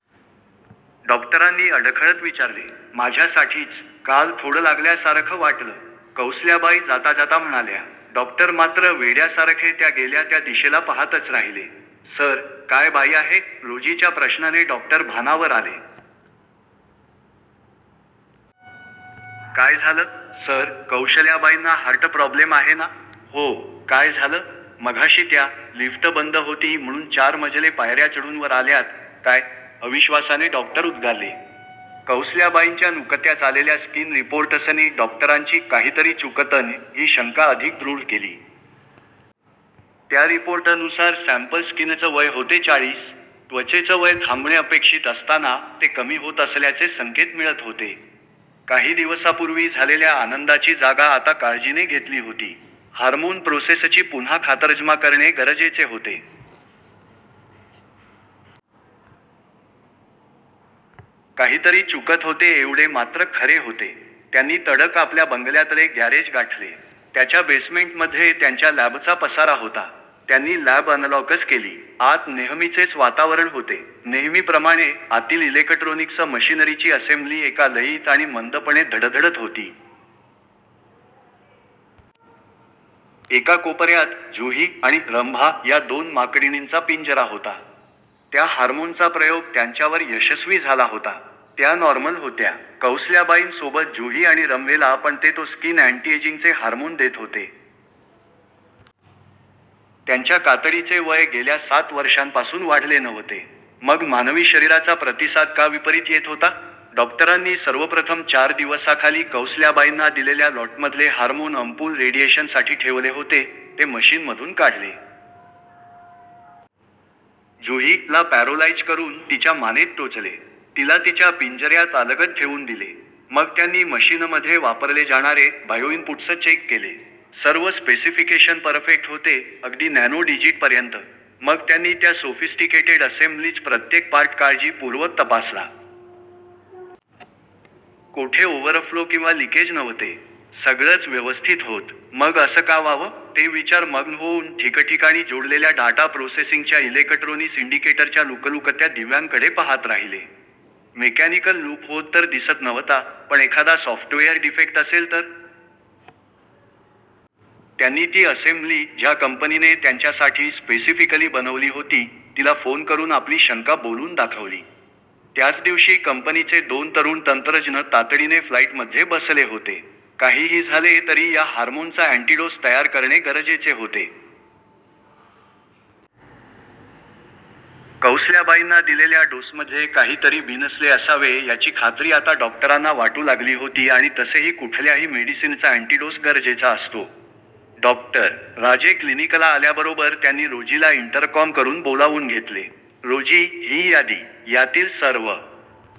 डॉक्टरांनी अडखळत विचारले. माझ्या साठीच! काल थोडं लागल्या सारखं वाटलं! कौसल्याबाई जाताजाता म्हणाल्या. डॉक्टर मात्र वेड्या सारखे त्या गेल्या त्या दिशेला पहातच राहिले! "सर, काय बाई आहे? " रोजीच्या प्रश्नाने डॉक्टर भानावर आले. "काय झालं? " "सर, कौशल्याबाईंना हार्ट प्रॉब्लेम आहे ना? " "हो. काय झालं? " "मघाशी त्या, लिफ्ट बंद होती म्हणून चार मजले पायऱ्याचढून वर आल्यात! " "काय? " अविश्वासाने डॉक्टर उद्गारले. कौसल्याबाईंच्या नुकत्याच आलेल्या स्किन रिपोर्टसनी डॉक्टरांची 'काहीतरी चुकतंय,' हि शंका अधिक दृढ केली. त्या रिपोर्ट नुसार सॅम्पल स्कीनचं वय होते चाळीस! त्वचेचं वय थांबणे अपेक्षित असताना, ते कमी होत असल्याचे संकेत मिळत होते! काही दिवसापूर्वी झालेल्या आनंदाची जागा आता काळजीने घेतली होती. हार्मोन प्रोसेसची पुन्हा खातरजमा करणे गरजेचे होते. काहीतरी चुकत होते एव्हडे मात्र खरे होते. त्यांनी तडक आपल्या बंगल्यातले ग्यारेज गाठले. त्याच्या बेसमेंट मध्ये त्यांच्या लॅबचा पसारा होता. त्यांनी लॅब अनलॉक केली. आत नेहमीचेच वातावरण होते. नेहमी प्रमाणे, आतील इलेकट्रोनिक्स मशीनरीची असेंब्ली एका लयीत आणि मंदपणे धडधडत होती. एका कोपऱ्यात 'जुही ' आणि 'रंभा ' या दोन माकडिणीनचा पिंजरा होता. त्या हार्मोनचा प्रयोग त्यांच्यावर यशस्वी झाला होता. त्या नॉर्मल होत्या. कौसल्याबाईन सोबत जुही आणि रंभेला पण ते तो स्किन अँटीएजिंगचे हार्मोन देत होते. त्यांच्या कातडीचे वय गेल्या सात वर्षांपासून वाढले नव्हते. मग मानवी शरीराचा प्रतिसाद का विपरीत येत होता? डॉक्टरांनी सर्वप्रथम चार दिवसाखाली कौसल्याबाईंना दिलेल्या लॉटमधले हार्मोन अंपुल रेडिएशन साठी ठेवले होते, ते मशीन मधून काढले. 'जुही'ला पॅरोलाईज करून, तिच्या मानेत टोचले. तिला तिच्या पिंजऱ्यात अलगद ठेवून दिले. मग त्यांनी मशीनमध्ये वापरले जाणारे, बायोइन्पुट्स चेक केले. सर्व स्पेसिफिकेशन परफेक्ट होते, अगदी नॅनो डिजिट पर्यंत! मग त्यांनी त्या सोफिस्टिकेटेड असेंब्लीच प्रत्येक पार्ट काळजी पूर्वक तपासला. कोठे ओव्हरफ्लो किंवा लिकेज नव्हते. सगळंच व्यवस्थित होत. मग असं का व्हावं? ते विचार मग्न होऊन ठिकठिकाणी जोडलेल्या डाटा प्रोसेसिंगच्या इलेकट्रोनिस इंडिकेटरच्या लुकलुकत्या दिव्यांकडे पहात राहिले. मेकॅनिकल लूप होत तर दिसत नव्हता, पण एखादा सॉफ्टवेयर डिफेक्ट असेल तर? त्यांनी ती असेम्ब्ली, ज्या कंपनीने त्यांच्या साठी स्पेसिफिकली बनवली होती, तिला फोन करून आपली शंका बोलून दाखवली. त्याच दिवशी कंपनीचे दोन तरुण तंत्रज्ञ तातडीने फ्लाईट मध्ये बसले होते. काही हि झाले तरी या हार्मोनचा ऍंटीडोस तयार करणे गरजेचे होते. कौसल्याबाईंना दिलेल्या डोसमध्ये काही तरी बिनसले असावे याची खात्री आता डॉक्टरांना वाटू लागली होती आणि तसेही कुठल्याही मेडिसिनचा अँटीडोस गरजेचा असतो. डॉ. राजे क्लिनिकला आल्याबरोबर त्यांनी रोजीला इंटरकॉम करून बोलावून घेतले. रोजी, हि यादी. यातील सर्व